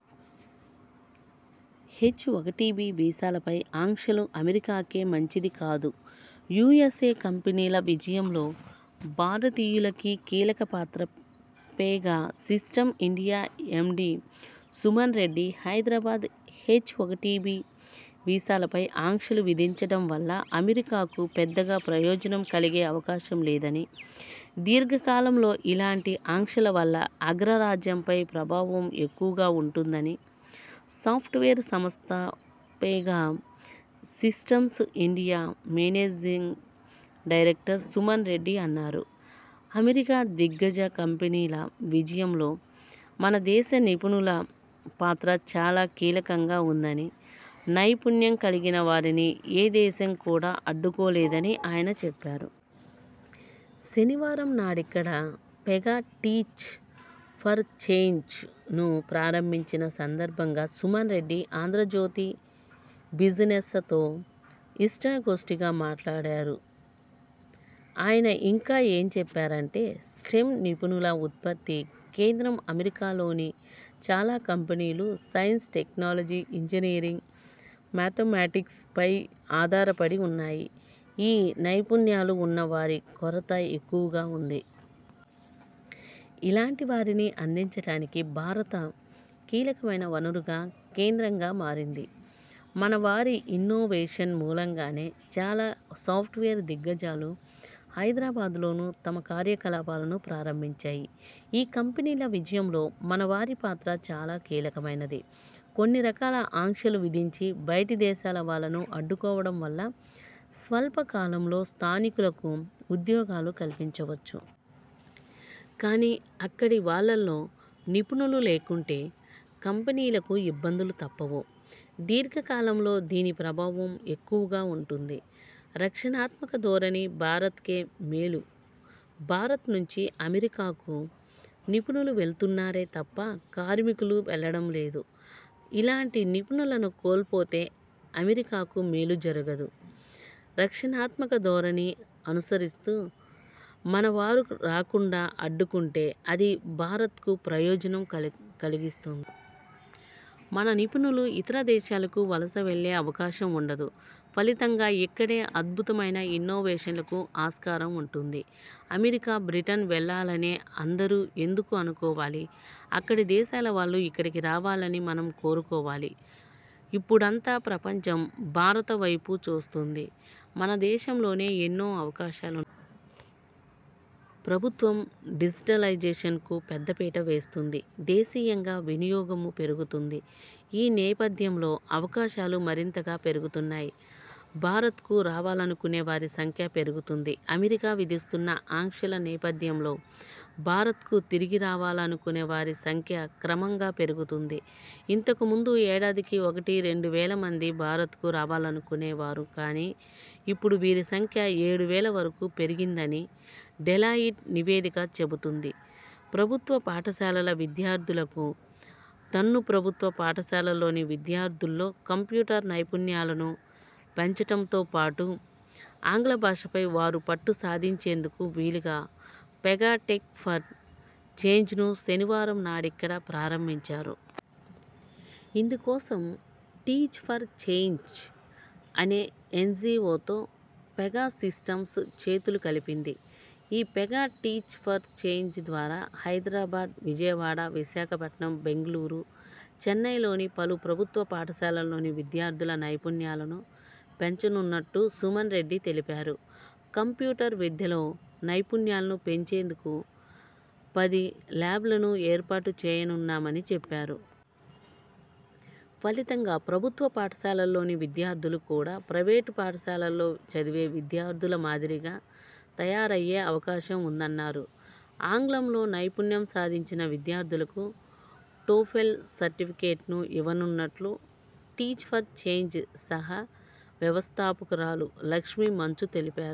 హెచ్ఒకటిబి వీసాలపై ఆంక్షలు అమెరికాకే మంచిది కాదుయుఎస్ కంపెనీల విజయంలో భారతీయులది కీలక పాత్రపెగా Systems India MD Suman Reddy Hyderabad హెచ్ఒకటిబి వీసాలపై ఆంక్షలు విధించడం వల్ల అమెరికాకు పెద్దగా ప్రయోజనం కలిగే అవకాశం లేదని, దీర్ఘకాలంలో ఇలాంటి ఆంక్షల వల్ల అగ్రరాజ్యంపై ప్రభావం ఎక్కువగా ఉంటుందని సాఫ్ట్వేర్ సంస్థ Pega Systems India managing director Suman Reddy అన్నారు అమెరికా దిగ్గజ కంపెనీల విజయంలో మన దేశ నిపుణుల పాత్ర చాలా కీలకంగా ఉందని, నైపుణ్యం కలిగిన వారిని ఏ దేశం కూడా అడ్డుకోలేదని ఆయన చెప్పారు. శనివారంనాడిక్కడ 'పెగా టీచ్ ఫర్ చేంజ్'ను ప్రారంభించిన సందర్భంగా సుమన్ రెడ్డి 'ఆంధ్రజ్యోతి బిజినె్స'తో ఇష్టాగోష్ఠిగా మాట్లాడారు. ఆయన ఇంకా ఏం చెప్పారంటే.. స్టెమ్ నిపుణుల ఉత్పత్తి కేంద్రంఅమెరికాలోని చాలా కంపెనీలు సైన్స్, టెక్నాలజీ, ఇంజనీరింగ్, మేథమెటిక్స్ పై ఆధారపడి ఉన్నాయి. ఈ నైపుణ్యాలు ఉన్న వారి కొరత ఎక్కువగా ఉంది. ఇలాంటి వారిని అందించడానికి భారత కీలకమైన వనరుగా, కేంద్రంగా మారింది. మన వారి ఇన్నోవేషన్ మూలంగానే చాలా సాఫ్ట్వేర్ దిగ్గజాలు హైదరాబాద్లోనూ తమ కార్యకలాపాలను ప్రారంభించాయి. ఈ కంపెనీల విజయంలో మన వారి పాత్ర చాలా కీలకమైనది. కొన్ని రకాల ఆంక్షలు విధించి బయటి దేశాల వాళ్లను అడ్డుకోవడం వల్ల స్వల్పకాలంలో స్థానికులకు ఉద్యోగాలు లభించవచ్చు. కానీ అక్కడి వాళ్లలో నిపుణులు లేకుంటే కంపెనీలకు ఇబ్బందులు తప్పవు. దీర్ఘకాలంలో దీని ప్రభావం ఎక్కువగా ఉంటుంది. రక్షణాత్మక ధోరణి భారతకే మేలుభారత్ నుంచి అమెరికాకు నిపుణులు వెళుతున్నారే తప్ప కార్మికులు వెల్లడం లేదు. ఇలాంటి నిపుణులను కోల్పోతే అమెరికాకు మేలు జరగదు. రక్షణాత్మక ధోరణిని అనుసరిస్తూ మన వారు రాకుండా అడ్డుకుంటే అది భారతకు ప్రయోజనం కలిగిస్తుంది. మన నిపుణులు ఇతర దేశాలకు వలస వెళ్లే అవకాశం ఉండదు. ఫలితంగా ఇక్కడే అద్భుతమైన ఇన్నోవేషన్లకు ఆస్కారం ఉంటుంది. అమెరికా, బ్రిటన్ వెళ్లాలనే అందరూ ఎందుకు అనుకోవాలి. అక్కడి దేశాల వాళ్లు ఇక్కడి రావాలని మనం కోరుకోవాలి. ఇప్పుడంతా ప్రపంచం భారత వైపు చూస్తోంది. మన దేశంలోనే ఎన్నో అవకాశాలున్నాయి. ప్రభుత్వం డిజిటలైజేషన్కు పెద్దపీట వేస్తోంది. దేశీయంగా వినియోగమూ పెరుగుతోంది. ఈ నేపథ్యంలో అవకాశాలు మరింతగా పెరుగుతున్నాయి. భారతకు రావాలనుకునే వారి సంఖ్య పెరుగుతోంది. అమెరికా విధిస్తున్న ఆంక్షల నేపథ్యంలో భారతకు తిరిగి రావాలనుకునే వారి సంఖ్య క్రమంగా పెరుగుతోంది. ఇంతకు ముందు ఏడాదికి ఒకటి-రెండు వేల మంది భారతకు రావాలనుకునే వారు కానీ ఇప్పుడు వీరి సంఖ్య ఏడు వేల వరకు పెరిగిందని డెలాయిట్ నివేదిక చెబుతోంది ప్రభుత్వ పాఠశాలల విద్యార్థులకు దన్నుప్రభుత్వ పాఠశాలల్లోని విద్యార్థుల్లో కంప్యూటర్ నైపుణ్యాలను పెంచడంతోపాటు ఆంగ్ల భాషపై వారు పట్టుసాధించేందుకు వీలుగా పెగా టెక్ ఫర్ చేంజ్ను శనివారంనాడిక్కడ ప్రారంభించారు. ఇందుకోసం టీచ్ ఫర్ చేంజ్ అనే ఎన్జిఒతో పెగా సిస్టమ్స్ చేతులు కలిపింది. Pega teach for Change Hyderabad హైదరాబాద్, విజయవాడ, విశాఖపట్నం, బెంగళూరు, చెన్నైలోని పలు ప్రభుత్వ పాఠశాలల్లోని విద్యార్థుల నైపుణ్యాలను పెంచనున్నట్టు సుమన్ రెడ్డి తెలిపారు. కంప్యూటర్ విద్యలో నైపుణ్యాలను పెంచేందుకు పది లాబ్లను ఏర్పాటు చేయనున్నామని చెప్పా రు. ఫలితంగా ప్రభుత్వ పాఠశాలల్లోని విద్యార్థులు కూడా ప్రైవేటు పాఠశాలల్లో చదివే విద్యార్థుల మాదిరిగా తయారయ్యే అవకాశం ఉందన్నారు. ఆంగ్లంలో నైపుణ్యం సాధించిన విద్యార్థులకు టోఫెల్ సర్టిఫికెట్ను ఇవ్వనున్నట్టు టీచ్ ఫర్ చేంజ్ సహ వ్యవస్థాపకురాలు లక్ష్మీ మంచు తెలిపారు.